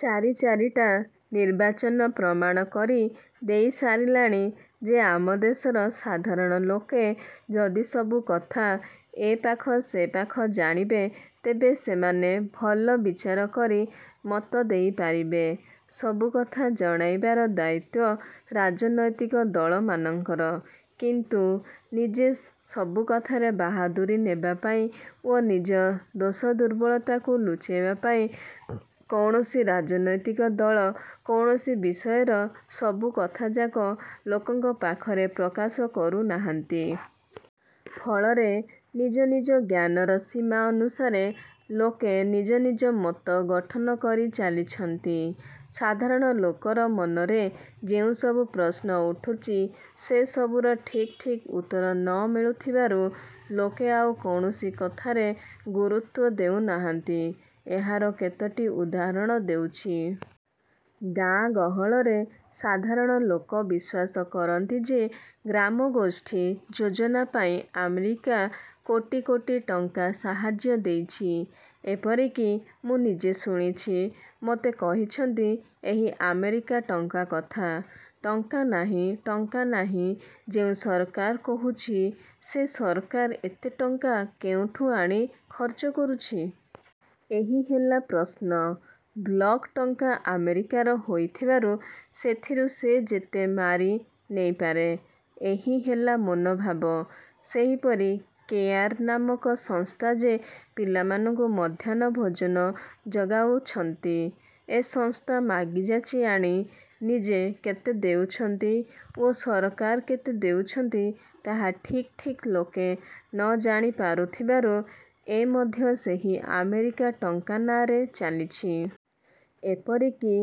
ଚାରି ଚାରିଟା ନିର୍ବାଚନ ପ୍ରମାଣ କରି ଦେଇ ସାରିଲାଣି ଯେ ଆମ ଦେଶର ସାଧାରଣ ଲୋକେ ଯଦି ସବୁ କଥା ଏପାଖ ସେପାଖ ଜାଣିବେ, ତେବେ ସେମାନେ ଭଲ ବିଚାର କରି ମତ ଦେଇ ପାରିବେ। ସବୁ କଥା ଜଣାଇବାର ଦାୟିତ୍ୱ ରାଜନୈତିକ ଦଳମାନଙ୍କର; କିନ୍ତୁ ନିଜେ ସବୁ କଥାରେ ବାହାଦୁରି ନେବା ପାଇଁ ଓ ନିଜ ଦୋଷ ଦୁର୍ବଳତାକୁ ଲୁଚାଇବା ପାଇଁ କୌଣସି ରାଜନୈତିକ ଦଳ କୌଣସି ବିଷୟର ସବୁ କଥାଯାକ ଲୋକଙ୍କ ପାଖରେ ପ୍ରକାଶ କରୁନାହାନ୍ତି। ଫଳରେ ନିଜ ନିଜ ଜ୍ଞାନର ସୀମା ଅନୁସାରେ ଲୋକେ ନିଜ ନିଜ ମତ ଗଠନକରି ଚାଲିଛନ୍ତି। ସାଧାରଣ ଲୋକର ମନରେ ଯେଉଁସବୁ ପ୍ରଶ୍ନ ଉଠୁଛି ସେ ସବୁର ଠିକ୍ ଠିକ୍ ଉତ୍ତର ନ ମିଳୁଥିବାରୁ ଲୋକେ ଆଉ କୌଣସି କଥାରେ ଗୁରୁତ୍ୱ ଦେଉ ନାହାନ୍ତି। ଏହାର କେତୋଟି ଉଦାହରଣ ଦେଉଛି। ଗାଁ ଗହଳରେ ସାଧାରଣ ଲୋକ ବିଶ୍ୱାସ କରନ୍ତି ଯେ ଗ୍ରାମଗୋଷ୍ଠୀ ଯୋଜନାପାଇଁ ଆମେରିକା କୋଟି କୋଟି ଟଙ୍କା ସାହାଯ୍ୟ ଦେଇଛି। ଏପରିକି ମୁଁ ନିଜେ ଶୁଣିଛି, ମୋତେ କହିଛନ୍ତି ଏହି ଆମେରିକା ଟଙ୍କା କଥା। ଟଙ୍କା ନାହିଁ, ଟଙ୍କା ନାହିଁ ଯେଉଁ ସରକାର କହୁଛି, ସେ ସରକାର ଏତେ ଟଙ୍କା କେଉଁଠୁ ଆଣି ଖର୍ଚ୍ଚ କରୁଛି? ଏହି ହେଲା ପ୍ରଶ୍ନ। ବ୍ଲକ ଟଙ୍କା ଆମେରିକାର ହୋଇଥିବାରୁ ସେଥିରୁ ସେ ଯେତେ ମାରି ନେଇପାରେ। ଏହି ହେଲା ମନୋଭାବ। ସେହିପରି କେୟାର ନାମକ ସଂସ୍ଥା ଯେ ପିଲାମାନଙ୍କୁ ମଧ୍ୟାହ୍ନ ଭୋଜନ ଯୋଗାଉଛନ୍ତି। ଏ ସଂସ୍ଥା ମାଗିଯାଚି ଆଣି ନିଜେ କେତେ ଦେଉଛନ୍ତି ଓ ସରକାର କେତେ ଦେଉଛନ୍ତି ତାହା ଠିକ୍ ଠିକ୍ ଲୋକେ ନ ଜାଣି ପାରୁଥିବାରୁ ଏ ମଧ୍ୟ ସେହି ଆମେରିକା ଟଙ୍କା ନାଁରେ ଚାଲିଛି। ଏପରିକି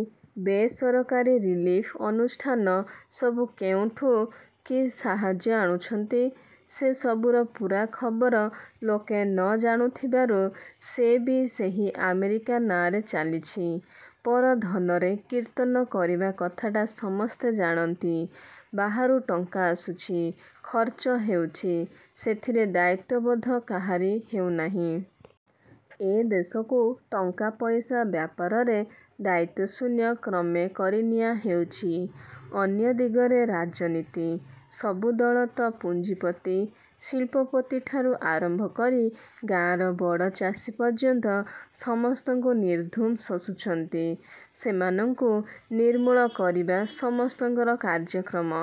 ବେସରକାରୀ ରିଲିଫ ଅନୁଷ୍ଠାନ ସବୁ କେଉଁଠୁ କି ସାହାଯ୍ୟ ଆଣୁଛନ୍ତି, ସେ ସବୁର ପୂରା ଖବର ଲୋକେ ନଜାଣୁଥିବାରୁ ସେ ବି ସେହି ଆମେରିକା ନାଁରେ ଚାଲିଛି। ପର ଧନରେ କୀର୍ତ୍ତନ କରିବା କଥାଟା ସମସ୍ତେ ଜାଣନ୍ତି। ବାହାରୁ ଟଙ୍କା ଆସୁଛି, ଖର୍ଚ୍ଚ ହେଉଛି, ସେଥିରେ ଦାୟିତ୍ୱବୋଧ କାହାରି ହେଉନାହିଁ। ଏ ଦେଶକୁ ଟଙ୍କାପଇସା ବ୍ୟାପାରରେ ଦାୟିତ୍ୱଶୂନ୍ୟ କ୍ରମେ କରିନିଆହେଉଛି। ଅନ୍ୟ ଦିଗରେ ରାଜନୀତି। ସବୁ ଦଳ। ତ ପୁଞ୍ଜିପତି, ଶିଳ୍ପପତିଠାରୁ ଆରମ୍ଭକରି ଗାଁର ବଡ଼ ଚାଷୀ ପର୍ଯ୍ୟନ୍ତ ସମସ୍ତଙ୍କୁ ନିର୍ଧୁମ୍ ଶୋଷୁଛନ୍ତି। ସେମାନଙ୍କୁ ନିର୍ମୂଳ କରିବା ସମସ୍ତଙ୍କର କାର୍ଯ୍ୟକ୍ରମ;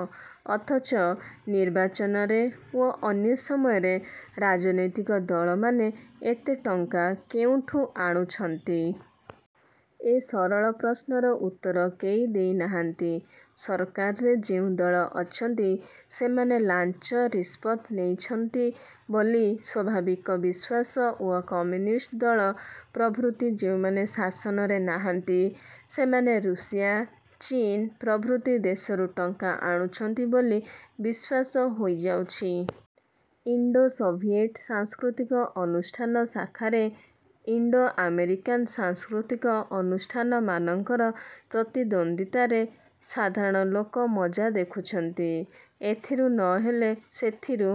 ଅଥଚ ନିର୍ବାଚନରେ ଓ ଅନ୍ୟ ସମୟରେ ରାଜନୈତିକ ଦଳମାନେ ଏତେ ଟଙ୍କା କେଉଁଠୁ ଆଣୁଛନ୍ତି? ଏ ସରଳ ପ୍ରଶ୍ନର ଉତ୍ତର କେହି ଦେଇନାହାନ୍ତି। ସରକାରରେ ଯେଉଁ ଦଳ ଅଛନ୍ତି, ସେମାନେ ଲାଞ୍ଚ ରିସ୍ପତ ନେଇଛନ୍ତ ବୋଲି ସ୍ୱାଭାବିକ ବିଶ୍ୱାସ ଓ କମ୍ୟୁନିଷ୍ଟ ଦଳ ପ୍ରଭୃତି ଯେଉଁମାନେ ଶାସନରେ ନାହାନ୍ତି, ସେମାନେ ରୁଷିଆ, ଚୀନ ପ୍ରଭୃତି ଦେଶରୁ ଟଙ୍କା ଆଣୁଛନ୍ତି ବୋଲି ବିଶ୍ୱାସ ହୋଇଯାଉଛି। ଇଣ୍ଡୋ-ସୋଭିଏଟ ସାଂସ୍କୃତିକ ଅନୁଷ୍ଠାନ ଶାଖାରେ ଇଣ୍ଡୋଆମେରିକାନ ସାଂସ୍କୃତିକ ଅନୁଷ୍ଠାନମାନଙ୍କର ପ୍ରତିଦ୍ୱନ୍ଦ୍ୱିତାରେ ସାଧାରଣ ଲୋକ ମଜା ଦେଖୁଛନ୍ତି। ଏଥିରୁ ନ ହେଲେ ସେଥିରୁ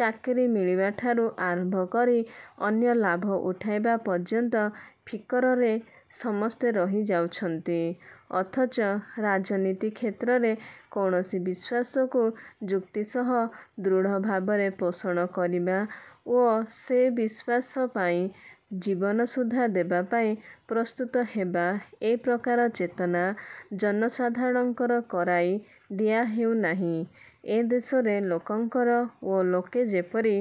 ଚାକିରି ମିଳିବାଠାରୁ ଆରମ୍ଭ କରି ଅନ୍ୟ ଲାଭ ଉଠାଇବା ପର୍ଯ୍ୟନ୍ତ ଫିକରରେ ସମସ୍ତେ ରହି ଯାଉଛନ୍ତି; ଅଥଚ ରାଜନୀତିକ୍ଷେତ୍ରରେ କୌଣସି ବିଶ୍ୱାସକୁ ଯୁକ୍ତି ସହ ଦୃଢ଼ ଭାବରେ ପୋଷଣ କରିବା ଓ ସେ ବିଶ୍ୱାସ ପାଇଁ ଜୀବନ ସୁଦ୍ଧା ଦେବାପାଇଁ ପ୍ରସ୍ତୁତ ହେବା ଏପ୍ରକାର ଚେତନା ଜନସାଧାରଣଙ୍କର କରାଇ ଦିଆ ହେଉନାହିଁ। ଏ ଦେଶରେ ଲୋକଙ୍କର ଓ ଲୋକେ ଯେପରି